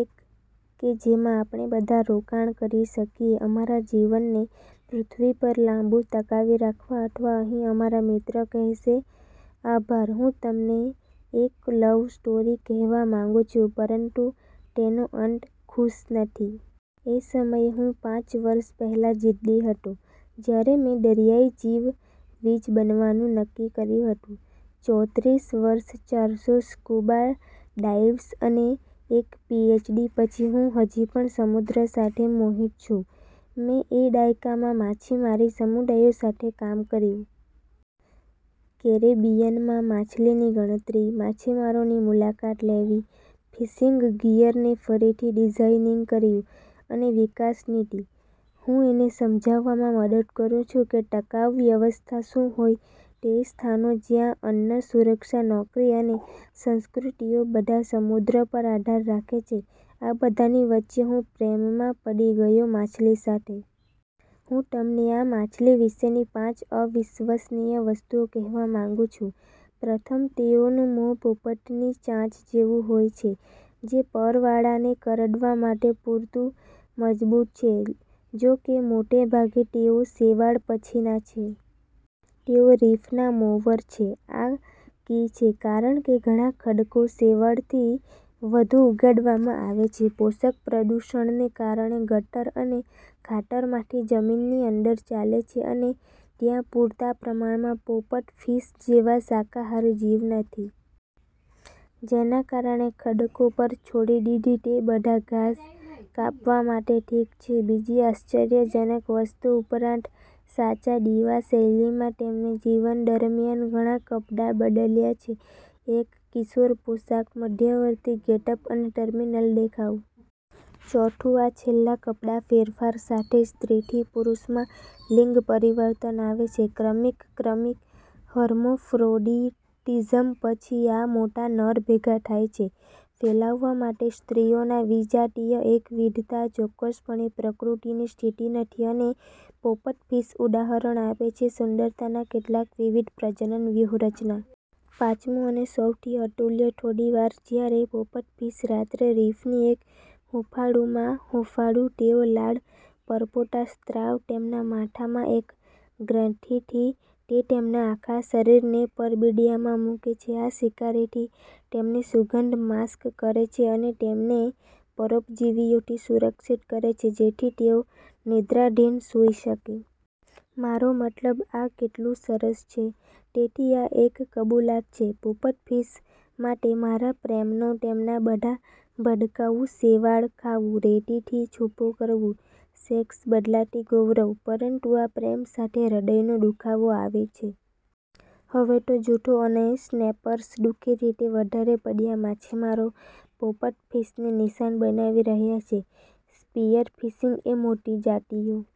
એક કે જેમાં આપણે બધા રોકાણ કરી શકીએ અમારા જીવનને પૃથ્વી પર લાંબુ ટકાવી રાખવા અથવા અહીં અમારા મિત્ર કહેશે આભાર. હું તમને એક લવ સ્ટોરી કહેવા માંગુ છું. પરંતુ તેનો અંત ખુશ નથી. એ સમયે હું પાંચ વર્ષ પહેલાં જીદ્દી હતો, જ્યારે મેં દરિયાઇ જીવવિજ બનવાનું નક્કી કર્યું હતું .ચોત્રીસ વર્ષ, ચારસો સ્કુબા ડાઇવ્સ અને એક પીએચડી પછી, હું હજી પણ સમુદ્ર સાથે મોહિત છું. મેં એ દાયકામાં માછીમારી સમુદાયો સાથે કામ કર્યું. કેરેબિયનમાં માછલીની ગણતરી, માછીમારોની મુલાકાત લેવી, ફિશિંગ ગિયરને ફરીથી ડિઝાઇનીંગ કર્યું અને વિકાસ નીતિ. હૂં એને સમજાવામાં મદદ કરું છું કે ટકાઉ વ્યવસ્થા શું હોય તે સ્થાનો જ્યાં અન્ન, સુરક્ષા, નોકરી અને સંસ્કૃતિઓ બધા સમુદ્ર પર આધાર રાખે છે, આ બધાની વચ્ચે હું પ્રેમમાં પડી ગયો માછલી સાથે. હું તમને આ માછલી વિશેની પાંચ અવિશ્વસનીય વસ્તુઓ કહેવા માંગુ છું પ્રથમ, તેઓનું મોં પોપટની ચાંચ જેવું હોય છે, જે પરવાળાને કરડવા માટે પૂરતું મજબૂત છે, જોકે મોટે ભાગે તેઓ શેવાળ પછીના છે. તેઓ રીફના મોવર છે. આ કી છે, કારણ કે ઘણા ખડકો શેવાળથી વધુ ઉગાડવામાં આવે છે પોષક પ્રદૂષણને કારણે ગટર અને ખાતરમાંથી જમીનની અંદર ચાલે છે. અને ત્યાં પૂરતા પ્રમાણમાં પોપટ ફિશ જેવા શાકાહારી જીવ નથી. જેના કારણે ખડકો પર છોડી દીધી તે બધા ઘાસ કાપવા માટે ઠીક છે. બીજી આશ્ચર્યજનક વસ્તુ. ઉપરાંત, સાચા દિવા શૈલીમાં તેમને જીવન દરમ્યાન ઘણા કપડા બદલ્યા છે. એક કિશોર પોશાક, મધ્યવર્તી ગેટઅપ, અને ટર્મિનલ દેખાવ. ચોથું, આ છેલ્લા કપડા ફેરફાર સાથે સ્ત્રીથી પુરુષમાં લિંગ પરિવર્તન આવે છે, ક્રમિક ક્રમિક હર્મેફ્રોડિટિઝમ પછી આ મોટા નર ભેગા થાય છે ફેલાવવા માટે સ્ત્રીઓના. વિજાતીય એકવિધતા ચોક્કસપણે પ્રકૃતિની સ્થિતિ નથી અને પોપટફિશ ઉદાહરણ આપે છે સુંદરતાના કેટલાક વિવિધ પ્રજનન વ્યૂહરચના. પાંચમું અને સૌથી અતુલ્ય થોડી વાર જ્યારે પોપટફિશ રાત્રે રીફની એક હૂંફાળું માં હૂંફાળું, તેઓ લાળ પરપોટો સ્ત્રાવ તેમના માથા માં એક ગ્રંથી થી તે તેમના આખા શરીરને પરબિડીયામાં મૂકે છે. આ શિકારીથી તેમની સુગંધ માસ્ક કરે છે અને તેમને પરોપજીવીઓથી સુરક્ષિત કરે છે, જેથી તેઓ નિંદ્રાધીન સૂઈ શકે. મારો મતલબ, આ કેટલું સરસ છે. તેથી આ એક કબૂલાત છે પોપટ ફિશ માટે મારા પ્રેમનો તેમના બધા ભડકાઉ, શેવાળ-ખાવું, રેતીથી છૂપો કરવો, સેક્સ-બદલાતી ગૌરવ. પરંતુ આ પ્રેમ સાથે હૃદયનો દુખાવો આવે છે. હવે તે જૂથો અને સ્નેપર્સ દુ: ખી રીતે વધારે પડ્યા માછીમારો પોપટ ફિશને નિશાન બનાવી રહ્યા છે. સ્પિયરફિશિંગ એ મોટી જાતિઓ